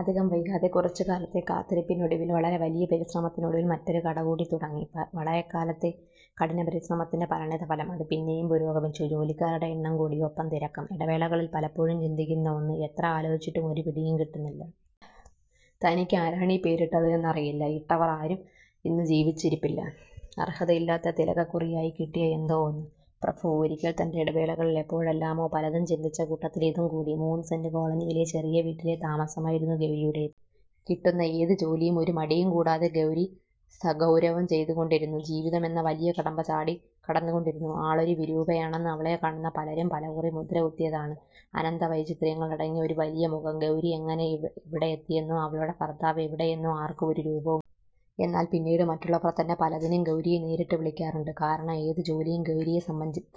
അധികം വൈകാതെ കുറച്ചു കാലത്തെ കാത്തിരിപ്പിനൊടുവിൽ വളരെ വലിയ പരിശ്രമത്തിനൊടുവിൽ മറ്റൊരു കട കൂടി തുടങ്ങി. വളരെ കാലത്തെ കഠിനപരിശ്രമത്തിന്റ പരിണിതഫലം, അത് പിന്നെയും പുരോഗമിച്ചു. ജോലിക്കാരുടെ എണ്ണം കൂടി, ഒപ്പം തിരക്കും.. ഇടവേളകളിൽ പലപ്പോഴും ചിന്തിക്കുന്ന ഒന്ന്, എത്ര ആലോചിച്ചിട്ടും ഒരു പിടിയും കിട്ടുന്നില്ല. തനിക്കു ആരാണ് ഈ പേരിട്ടത് എന്ന് അറിയില്ല, ഇട്ടവർ ആരും ഇന്നു ജീവിച്ചിരിപ്പില്ല. അർഹതയില്ലാതെ തിലകക്കുറിയായി കിട്ടിയ എന്തോ ഒന്ന്. 'പ്രഭു. ' ഒരിക്കൽ തന്റെ ഇടവേളകളിൽ എപ്പോഴെല്ലാമോ പലതും ചിന്തിച്ച കൂട്ടത്തിൽ ഇതും കൂടി. മൂന്നു സെന്റ് കോളനിയിലെ ചെറിയ വീട്ടിലെ താമസമായിരുന്നു ഗൗരിയുടേത്. കിട്ടുന്ന ഏതു ജോലിയും ഒരു മടിയും കൂടാതെ ഗൗരി സഗൗരവം ചെയ്തുകൊണ്ടിരുന്നു. ജീവിതം എന്ന വലിയ കടമ്പ ചാടി കടന്നുകൊണ്ടിരുന്നു. ആളൊരു വിരൂപയാണെന്ന് അവളെ കാണുന്ന പലരും പലകുറി മുദ്ര കുത്തിയതാണ്. അനന്ത വൈചിത്ര്യങ്ങൾ അടങ്ങിയ ഒരു വലിയ മുഖം. ഗൗരി എങ്ങനെ ഇവിടെ എത്തിയെന്നോ അവളുടെ ഭർത്താവ് എവിടെയെന്നോ ആർക്കും ഒരു രൂപവുമില്ല. എന്നാൽ പിന്നീട് മറ്റുള്ളവർ തന്നെ പലതിനും ഗൗരിയെ നേരിട്ടു വിളിക്കാറുണ്ട്. കാരണം ഏതു ജോലിയും ഗൗരിയെ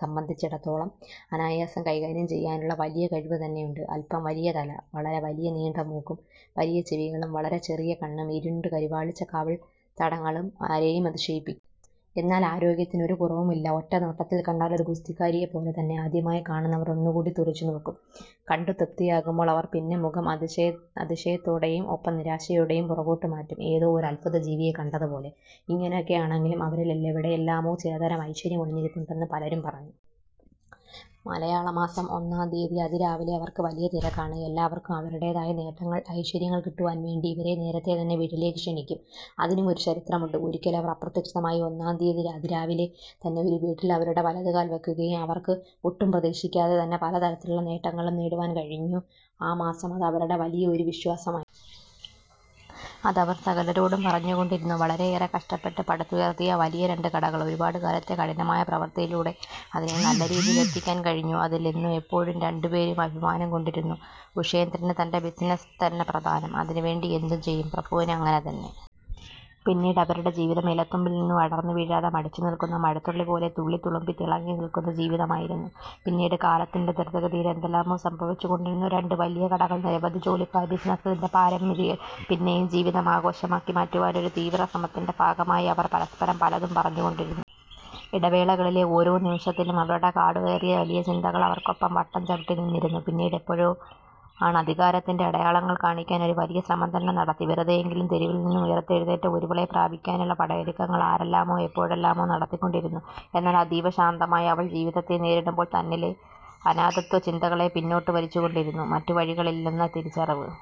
സംബന്ധിച്ചിടത്തോളം അനായാസം കൈകാര്യം ചെയ്യാനുള്ള വലിയ കഴിവ് തന്നെയുണ്ട്. അൽപ്പം വലിയതല, വളരെ വലിയ നീണ്ട മൂക്കും, വലിയ ചെവികളും വളരെ ചെറിയ കണ്ണും ഇരുണ്ടു കരുവാളിച്ച കവിൾ തടങ്ങളും ആരെയും അതിശയിപ്പിക്കും. എന്നാൽ ആരോഗ്യത്തിന് ഒരു കുറവും ഇല്ല. ഒറ്റനോട്ടത്തിൽ കണ്ടാൽ ഒരു ഗുസ്തിക്കാരിയെപ്പോലെ തന്നെ, ആദ്യമായി കാണുന്നവർ ഒന്നുകൂടി തുറിച്ചു നോക്കും, കണ്ടു തൃപ്തിയാകുമ്പോൾ അവർ പിന്നെ മുഖം അതിശയത്തോടെയും, ഒപ്പം നിരാശയോടെയും പുറകോട്ട് മാറ്റും. ഏതോ ഒരു അത്ഭുത ജീവിയെ കണ്ടതുപോലെ... ഇങ്ങനെയൊക്കെ ആണെങ്കിലും അവരിൽ എവിടെയെല്ലാമോ ചിലതരം ഐശ്വര്യം ഒളിഞ്ഞിരിപ്പുണ്ടെന്നു പലരും പറഞ്ഞു. മലയാളമാസം ഒന്നാം തിയതി അതിരാവിലെ അവർക്ക് വലിയ തിരക്കാണ്. എല്ലാവർക്കും അവരുടേതായ നേട്ടങ്ങൾ, ഐശ്വര്യങ്ങൾ കിട്ടുവാൻ വേണ്ടി ഇവരെ നേരത്തെ തന്നെ വീട്ടിലേക്ക് ക്ഷണിക്കും. അതിനും ഒരു ചരിത്രമുണ്ട്.. ഒരിക്കൽ അവർ അപ്രതീക്ഷിതമായി ഒന്നാം തിയതി അതിരാവിലെ തന്നെ ഒരു വീട്ടിൽ അവരുടെ വലതുകാൽ വക്കുകയും അവർക്ക് ഒട്ടും പ്രതീക്ഷിക്കാതെ തന്നെ പലതരത്തിലുള്ള നേട്ടങ്ങളും നേടുവാൻ കഴിഞ്ഞു ആ മാസം, അതവരുടെ വലിയ ഒരു വിശ്വാസമായിരുന്നു. അതവർ സകലരോടും പറഞ്ഞുകൊണ്ടിരുന്നു. വളരെയേറെ കഷ്ടപ്പെട്ട് പടുത്തുയർത്തിയ വലിയ രണ്ടു കടകൾ, ഒരുപാട് കാലത്തെ കഠിനമായ പ്രവൃത്തിയിലൂടെ അതിനെ നല്ലരീതിയിൽ എത്തിക്കാൻ കഴിഞ്ഞു അതിൽ എന്നും എപ്പോഴും രണ്ടു പേരും അഭിമാനം കൊണ്ടിരുന്നു. ഉഷേന്ദ്രന് തന്റെ ബിസിനസ് തന്നെ പ്രധാനം. അതിനുവേണ്ടി എന്തും ചെയ്യും. പ്രഭുവിനും അങ്ങനെ തന്നെ. പിന്നീട് അവരുടെ ജീവിതം ഇലത്തുമ്പിൽ നിന്നും അടർന്നു വീഴാതെ മടിച്ചു നിൽക്കുന്ന മഴത്തുള്ളിപോലെ, തുള്ളി തുളുമ്പിതിളങ്ങി നിൽക്കുന്ന ജീവിതമായിരുന്നു. പിന്നീട് കാലത്തിന്റെ ധൃത ഗതിയിൽ എന്തെല്ലാമോ സംഭവിച്ചുകൊണ്ടിരുന്നു. രണ്ടു വലിയ കടകൾ നിരവധി ജോലിക്കാർ, ബിസിനസ് അതിന്റെ പാരമ്യതയിൽ. പിന്നെയും ജീവിതം ആഘോഷമാക്കി മാറ്റുവാനൊരു തീവ്ര ശ്രമത്തിന്റ ഭാഗമായി അവർ പരസ്പരം പലതും പറഞ്ഞു കൊണ്ടിരുന്നു. ഇടവേളകളിലെ ഓരോ നിമിഷത്തിലും അവരുടെ കാടു കയറിയ വലിയ ചിന്തകൾ അവർക്കൊപ്പം വട്ടം ചവിട്ടി നിന്നിരുന്നു. പിന്നീട് എപ്പോഴോ ആണധികാരത്തിന്റെ അടയാളങ്ങൾ കാണിക്കാൻ ഒരു വലിയ ശ്രമം തന്നെ നടത്തി. വെറുതെയെങ്കിലും തെരുവിൽ നിന്നും ഉയർത്തെഴുന്നേറ്റ ഒരുവളെ പ്രാപിക്കാനുള്ള, പടയൊരുക്കങ്ങൾ ആരെല്ലാമോ എപ്പോഴെല്ലാമോ നടത്തികൊണ്ടിരുന്നു. എന്നാൽ അതീവ ശാന്തമായി അവൾ ജീവിതത്തെ നേരിടുമ്പോൾ തന്നിലെ അനാഥത്യ ചിന്തകളെ പിന്നോട്ട് വലിച്ചു കൊണ്ടിരുന്നു. മറ്റു വഴികൾ ഇല്ലെന്ന തിരിച്ചറിവ്